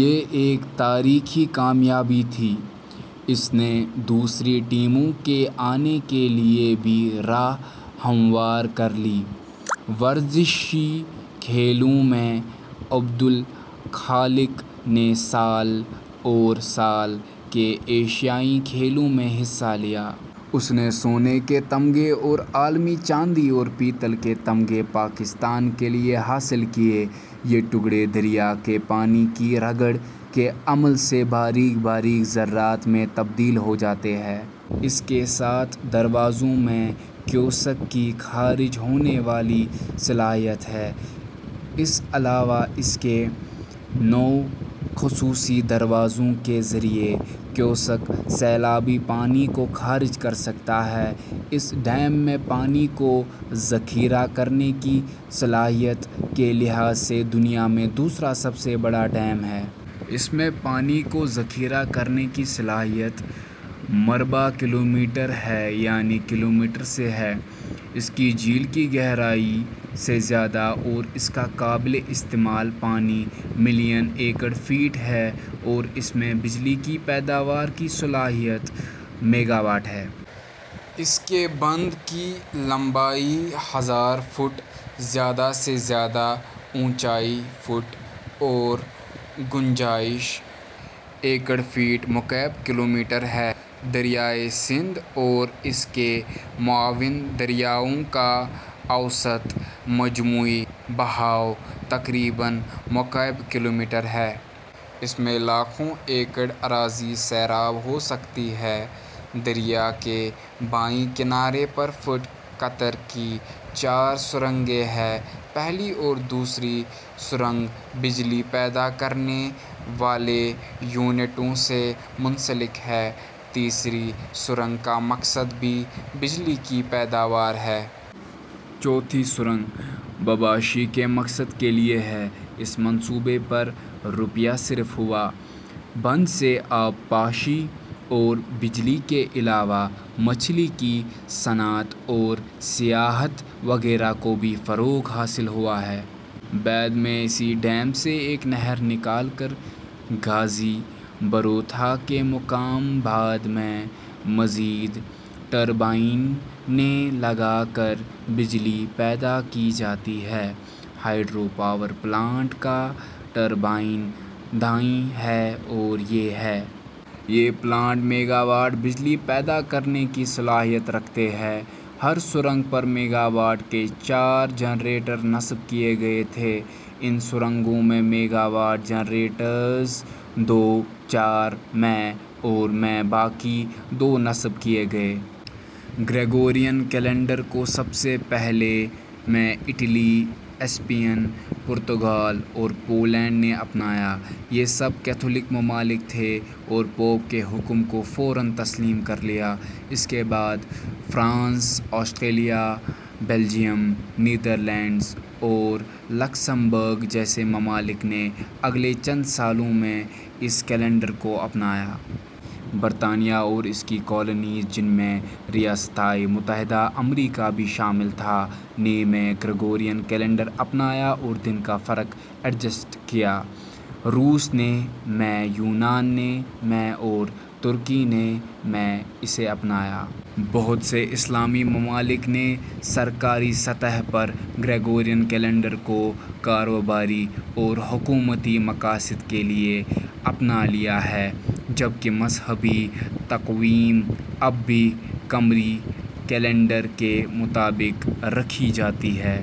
یہ ایک تاریخی کامیابی تھی۔ اس نے دوسری ٹیموں کے آنے کے لیے بھی راہ ہموار کر لی۔ ورزشی کھیلوں میں عبد الخالق نے سال ء اور سال ء کے ایشیائی کھیلوں میں حصہ لیا۔ اس نے سونے کے طمغے اور عالمی چاندی اور پیتل کے طمغے پاکستان کے لیے حاصل کیے۔ یہ ٹکرے دریا کے پانی کی رگڑ کے عمل سے باریک باریک زرات میں تبدیل ہوجاتے ہیں۔ اس کے سات دروازوں میں کیوسک کی خارج ہونے والی صلاحیت ہے۔ اس علاوہ اس کے نو خصوصی دروازوں کے ذریعہ کیوسک سیلابی پانی کو خارج کر سکتا ہے۔ اس ڈیم میں پانی کو ذخیرہ کرنے کی صلاحیت کے لحاظ سے دنیا میں دوسرا سب سے بڑا ڈیم ہے۔ اس میں پانی کو ذخیرہ کرنے کی صلاحیت;; مربع کلومیٹر ہے یعنی کلومیٹر سے ہے۔ اس کی جھیل کی گہرائی, سے زیادہ اور اس کا قابل استعمال پانی ملین ایکڑ فٹ ہے اور اس میں بجلی کی پیداوار کی صلاحیت میگاواٹ ہے۔ اس کے بند کی لمبائی ہزار فٹ، زیادہ سے زیادہ اونچائی فٹ اور گنجائش ایکڑ فٹ مکعب کلومیٹر ہے۔ دریائے سندھ اور اس کے معاون دریاءوں کا اوسط مجموعی بہاءو تقریباً مکعب کلومیٹر ہے۔ اس میں لاکھوں ایکڑ اراضی سیراب ہو سکتی ہے۔ دریا کے بائیں کنارے پر فٹ قطر کی چار سرنگیں ہیں۔ پہلی اور دوسری سرنگ بجلی پیدا کرنے والے یونٹوں سے منسلک ہے۔ تیسری سرنگ کا مقصد بھی بجلی کی پیداوار ہے۔ چوتھی سرنگ; ;بباشی کے مقصد کے لیے ہے۔ اس منصوبے پر; \; روپیہ صرف ہوا۔ بند سے آبپاشی اور بجلی کے علاوہ مچھلی کی صنعت اور سیاحت وغیرہ کو بھی فروغ حاصل ہوا ہے۔ بعد میں اسی ڈیم سے ایک نہر نکال کر غازی بروتھا کے مقام بعد میں مزید ٹربائنیں لگا کر بجلی پیدا کی جاتی ہے۔ ہائیڈرو پاور پلانٹ کا ٹربائیں دائیں ہیں اور یہ ہیں۔ یہ پلانٹ ، میگاواٹ بجلی پیدا کرنے کی صلاحیت رکھتے ہیں۔ ہر سرنگ پر میگاواٹ کے چار جنریٹر نصب کیے گئے تھے۔ ان سرنگوں می میگاواٹ جنریٹرز دو، چار ء میں اور ء میں باقی دو نصب کیے گئے۔ گریگورین کیلنڈر کو سب سے پہلے ء میں اٹلی ، اسپین ، پرتگال اور پولینڈ نے اپنایا۔ یہ سب کیتھولک ممالک تھے اور پوپ کے حکم کو فوراً تسلیم کر لیا۔ اس کے بعد فرانس ، آسٹریا ، بیلجیم ، نیدرلینڈز اور لوکسمبرگ جیسے ممالک نے اگلے چند سالوں میں اس کیلنڈر کو اپنایا۔ برطانیہ اور اس کی کالونیز، جن میں ریاستہائے متحدہ امریکہ بھی شامل تھا، نے ء میں گریگورین کیلنڈر اپنایا اور دن کا فرق ایڈجسٹ کیا۔ روس نے ء میں، یونان نے ء میں اور ترکی نے ء میں اسے اپنایا۔ بہت سے اسلامی ممالک نے سرکاری سطح پر گریگورین کیلنڈر کو کاروباری اور حکومتی مقاصد کے لیے اپنا لیا ہے، جبکہ مذہبی تقویم اب بھی قمری کیلنڈر کے مطابق رکھی جاتی ہے۔